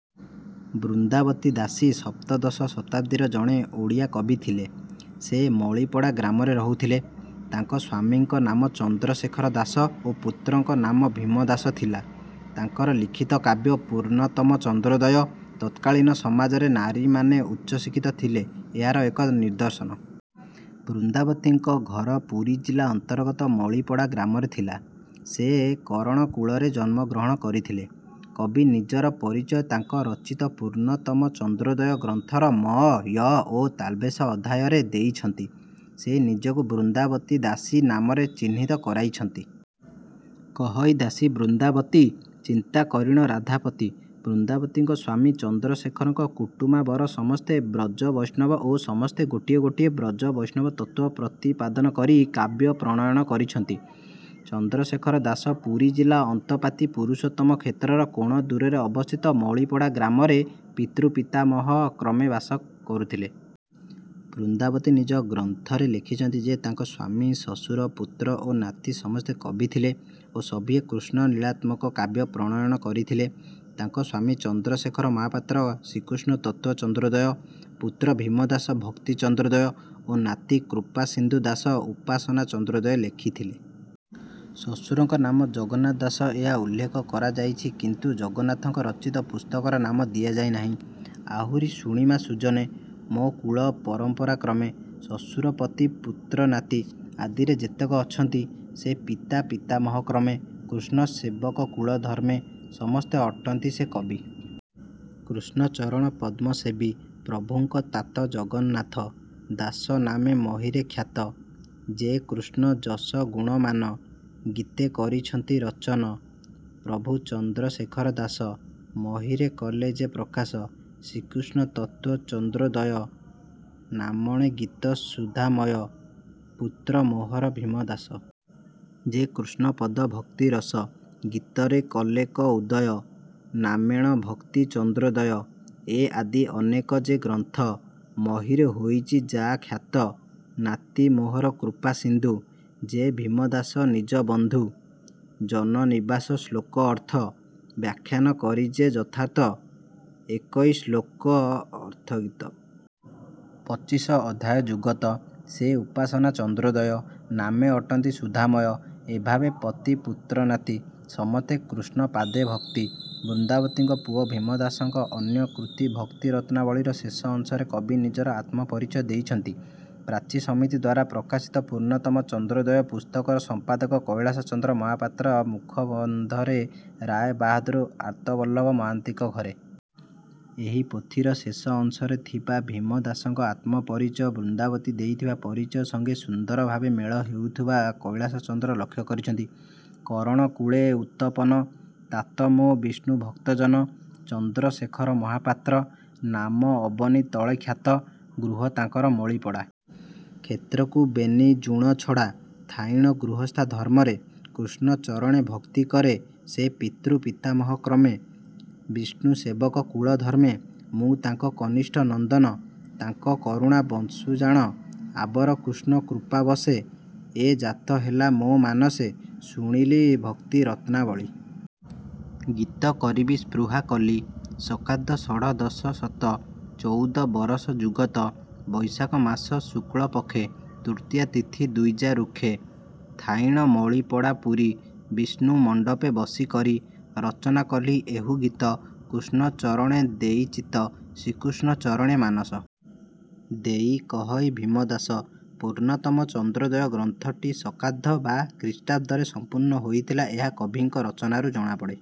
ବୃନ୍ଦାବତୀ ଦାସୀ ସପ୍ତଦଶ ଶତାବ୍ଦୀର ଜଣେ ଓଡ଼ିଆ କବି ଥିଲେ। ସେ ମଳିପଡ଼ା ଗ୍ରାମରେ ରହୁଥିଲେ। ତାଙ୍କ ସ୍ୱାମୀଙ୍କ ନାମ ଚନ୍ଦ୍ରଶେଖର ଦାସ ଓ ପୁତ୍ରଙ୍କ ନାମ ଭୀମ ଦାସ ଥିଲା। ତାଙ୍କର ଲିଖିତ କାବ୍ୟ 'ପୂର୍ଣ୍ଣତମ ଚନ୍ଦ୍ରୋଦୟ' ତତ୍କାଳୀନ ସମାଜରେ ନାରୀମାନେ ଉଚ୍ଚଶିକ୍ଷିତ ଥିଲେ ଏହାର ଏକ ନିଦର୍ଶନ। ବୃନ୍ଦାବତୀଙ୍କ ଘର ପୁରୀ ଜିଲ୍ଲା ଅନ୍ତର୍ଗତ ମଳିପଡ଼ା ଗ୍ରାମରେ ଥିଲା। ସେ କରଣକୁଳରେ ଜନ୍ମଗ୍ରହଣ କରିଥିଲେ। କବି ନିଜର ପରିଚୟ ତାଙ୍କ ରଚିତ ପୂର୍ଣ୍ଣତମ ଚନ୍ଦ୍ରୋଦୟ ଗ୍ରନ୍ଥର ମ, ୟ ଓ ଶ ଅଧ୍ୟାୟରେ ଦେଇଛନ୍ତି। ସେ ନିଜକୁ 'ବୃନ୍ଦାବତୀ ଦାସୀ' ନାମରେ ଚିହ୍ନିତ କରାଇଛନ୍ତି। କହଇ ଦାସୀ ବୃନ୍ଦାବତୀ। ଚିନ୍ତା କରିଣ ରାଧାପତି। ବୃନ୍ଦାବତୀଙ୍କ ସ୍ୱାମୀ ଚନ୍ଦ୍ରଶେଖରଙ୍କ କୁଟୁମାବର ସମସ୍ତେ ବ୍ରଜ ବୈଷ୍ଣବ ଓ ସମସ୍ତେ ଗୋଟିଏ ଗୋଟିଏ ବ୍ରଜବୈଷ୍ଣବ ତତ୍ତ୍ୱ ପ୍ରତିପାଦନ କରି କାବ୍ୟ ପ୍ରଣୟନ କରିଛନ୍ତି। ଚନ୍ଦ୍ରଶେଖର ଦାସ ପୁରୀଜିଲ୍ଲା ଅନ୍ତଃପାତି ପୁରୁଷୋତ୍ତମ କ୍ଷେତ୍ରର କୋଶ ଦୂରରେ ଅବସ୍ଥିତ ମଳିପଡ଼ା ଗ୍ରାମରେ ପିତୃପିତାମହକ୍ରମେ ବାସ କରୁଥିଲେ। ବୃନ୍ଦାବତୀ ନିଜ ଗ୍ରନ୍ଥରେ ଲେଖିଛନ୍ତି ଯେ ତାଙ୍କ ସ୍ୱାମୀ, ଶ୍ୱଶୁର, ପୁତ୍ର ଓ ନାତି ସମସ୍ତେ କବି ଥିଲେ ଓ ସଭିଏଁ କୃଷ୍ଣଲୀଳାତ୍ମକ କାବ୍ୟ ପ୍ରଣୟନ କରିଥିଲେ। ତାଙ୍କ ସ୍ୱାମୀ ଚନ୍ଦ୍ରଶେଖର ମହାପାତ୍ର ଶ୍ରୀକୃଷ୍ଣତତ୍ତ୍ୱ ଚନ୍ଦ୍ରୋଦୟ, ପୁତ୍ର ଭୀମଦାସ ଭକ୍ତି ଚନ୍ଦ୍ରୋଦୟ ଓ ନାତି କୃପାସିନ୍ଧୁ ଦାସ ଉପାସନା ଚନ୍ଦ୍ରୋଦୟ ଲେଖିଥିଲେ। ଶ୍ୱଶୁରଙ୍କ ନାମ ଜଗନ୍ନାଥ ଦାସ ଏହା ଉଲ୍ଲେଖ କରାଯାଇଛି କିନ୍ତୁ ଜଗନ୍ନାଥଙ୍କ ରଚିତ ପୁସ୍ତକର ନାମ ଦିଆଯାଇନାହିଁ। ଆହୁରି ଶୁଣିମା ସୁଜନେ। ମୋ କୁଳ ପରମ୍ପରାକ୍ରମେ। ଶ୍ୱଶୁର ପତି ପୁତ୍ର ନାତି। ଆଦିରେ ଯେତେକ ଅଛନ୍ତି। ସେ ପିତା ପିତାମହକ୍ରମେ। କୃଷ୍ଣ ସେବକ କୁଳଧର୍ମେ। ସମସ୍ତେ ଅଟନ୍ତି ସେ କବି। କୃଷ୍ଣ ଚରଣପଦ୍ମ ସେବି। ପ୍ରଭୁଙ୍କ ତାତ ଜଗନ୍ନାଥ। ଦାସ ନାମେ ମହୀରେ ଖ୍ୟାତ। ଯେ କୃଷ୍ଣ ଯଶ ଗୁଣମାନ। ଗୀତେ କରିଛନ୍ତି ରଚନ। ପ୍ରଭୁ ଚନ୍ଦ୍ରଶେଖର ଦାସ। ମହୀରେ କଲେ ଯେ ପ୍ରକାଶ। ଶ୍ରୀକୃଷ୍ଣ ତତ୍ତ୍ୱ ଚନ୍ଦ୍ରୋଦୟ। ନାମେଣ ଗୀତ ସୁଧାମୟ। ପୁତ୍ର ମୋହର ଭୀମଦାସ। ଯେ କୃଷ୍ଣପଦ ଭକ୍ତିରସ। ଗୀତରେ କଲେକ ଉଦୟ। ନାମେଣ ଭକ୍ତି ଚନ୍ଦ୍ରୋଦୟ। ଏ ଆଦି ଅନେକ ଯେ ଗ୍ରନ୍ଥ। ମହୀରେ ହୋଇଛି ଯା ଖ୍ୟାତ। ନାତି ମୋହର କୃପାସିନ୍ଧୁ। ଯେ ଭୀମଦାସ ନିଜ ବନ୍ଧୁ। ଜନନିବାସ ଶ୍ଳୋକ ଅର୍ଥ। ବ୍ୟାଖ୍ୟାନ କରି ଯେ ଯଥାର୍ଥ। ଏକଇ ଶ୍ଳୋକ ଅର୍ଥଗୀତ। ପଚିଶ ଅଧ୍ୟାୟ ଯୁଗତ। ସେ ଉପାସନା ଚନ୍ଦ୍ରୋଦୟ। ନାମେ ଅଟନ୍ତି ସୁଧାମୟ। ଏଭାବେ ପତି ପୁତ୍ର ନାତି। ସମସ୍ତେ କୃଷ୍ଣ ପାଦେ ଭକ୍ତି। ବୃନ୍ଦାବତୀଙ୍କ ପୁଅ ଭୀମଦାସଙ୍କ ଅନ୍ୟ କୃତି ଭକ୍ତିରତ୍ନାବଳୀର ଶେଷ ଅଂଶରେ କବି ନିଜର ଆତ୍ମପରିଚୟ ଦେଇଛନ୍ତି। ପ୍ରାଚୀ ସମିତିଦ୍ୱାରା ପ୍ରକାଶିତ ପୂର୍ଣ୍ଣତମ ଚନ୍ଦ୍ରୋଦୟ ପୁସ୍ତକର ସମ୍ପାଦକ କୈଳାସଚନ୍ଦ୍ର ମହାପାତ୍ର ମୁଖବନ୍ଧରେ ରାୟ ବାହାଦୁର ଆର୍ତ୍ତବଲ୍ଲଭ ମହାନ୍ତିଙ୍କ ଘରେ ଉକ୍ତ ଭକ୍ତିରତ୍ନାବଳୀର ପୋଥି ଥିବା କଥା ଉଲ୍ଲେଖ କରିଛନ୍ତି। ଏହି ପୋଥିର ଶେଷ ଅଂଶରେ ଥିବା ଭୀମ ଦାସଙ୍କ ଆତ୍ମପରିଚୟ ବୃନ୍ଦାବତୀ ଦେଇଥିବା ପରିଚୟ ସଙ୍ଗେ ସୁନ୍ଦର ଭାବେ ମେଳ ହେଉଥିବା କୈଳାସଚନ୍ଦ୍ର ଲକ୍ଷ୍ୟ କରିଛନ୍ତି। କରଣ କୁଳେ ଉତପନ। ତାତ ମୋ ବିଷ୍ଣୁଭକ୍ତ ଜନ। ଚନ୍ଦ୍ରଶେଖର ମହାପାତ୍ର। ନାମ ଅବନୀ ତଳେ ଖ୍ୟାତ। ଗୃହ ତାଙ୍କର ମଳିପଡ଼ା। କ୍ଷେତ୍ରକୁ ବେନି ଯୁଣ ଛଡ଼ା। ଥାଇଣ ଗୃହସ୍ଥା ଧର୍ମରେ। କୃଷ୍ଣ ଚରଣେ ଭକ୍ତି କରେ। ସେ ପିତୃପିତାମହକ୍ରମେ। ବିଷ୍ଣୁ ସେବକ କୁଳଧର୍ମେ। ମୁଁ ତାଙ୍କ କନିଷ୍ଠ ନନ୍ଦନ। ତାଙ୍କ କରୁଣା ବଶୁଁ ଜାଣ। ଆବର କୃଷ୍ଣ କୃପାବଶେ। ଏ ଜାତ ହେଲା ମୋ ମାନସେ। ଶୁଣିଲି ଭକ୍ତିରତ୍ନାବଳୀ। ଗୀତ କରିବି ସ୍ପୃହା କଲି। ଶକାବ୍ଦ ଷଡ଼ଦଶ ଶତ। ଚଉଦ ବରଷ ଯୁଗତ। ବୈଶାଖମାସ ଶୁକ୍ଳ ପକ୍ଷେ। ତୃତୀୟା ତିଥି ଦ୍ୱିଜା ଋକ୍ଷେ। ଥାଇଣ ମଳିପଡ଼ା ପୁରୀ। ବିଷ୍ଣୁ ମଣ୍ଡପେ ବସି କରି। ରଚନା କଲି ଏହୁ ଗୀତ। କୃଷ୍ଣ ଚରଣେ ଦେଇ ଚିତ୍ତ। ଶ୍ରୀକୃଷ୍ଣ ଚରଣେ ମାନସ। ଦେଇ କହଇ ଭୀମଦାସ। 'ପୂର୍ଣ୍ଣତମ ଚନ୍ଦ୍ରୋଦୟ' ଗ୍ରନ୍ଥଟି ଶକାବ୍ଦ ବା ଖ୍ରୀଷ୍ଟାବ୍ଦ ରେ ସମ୍ପୂର୍ଣ୍ଣ ହୋଇଥିଲା ଏହା କବିଙ୍କ ରଚନାରୁ ଜଣାପଡ଼େ।।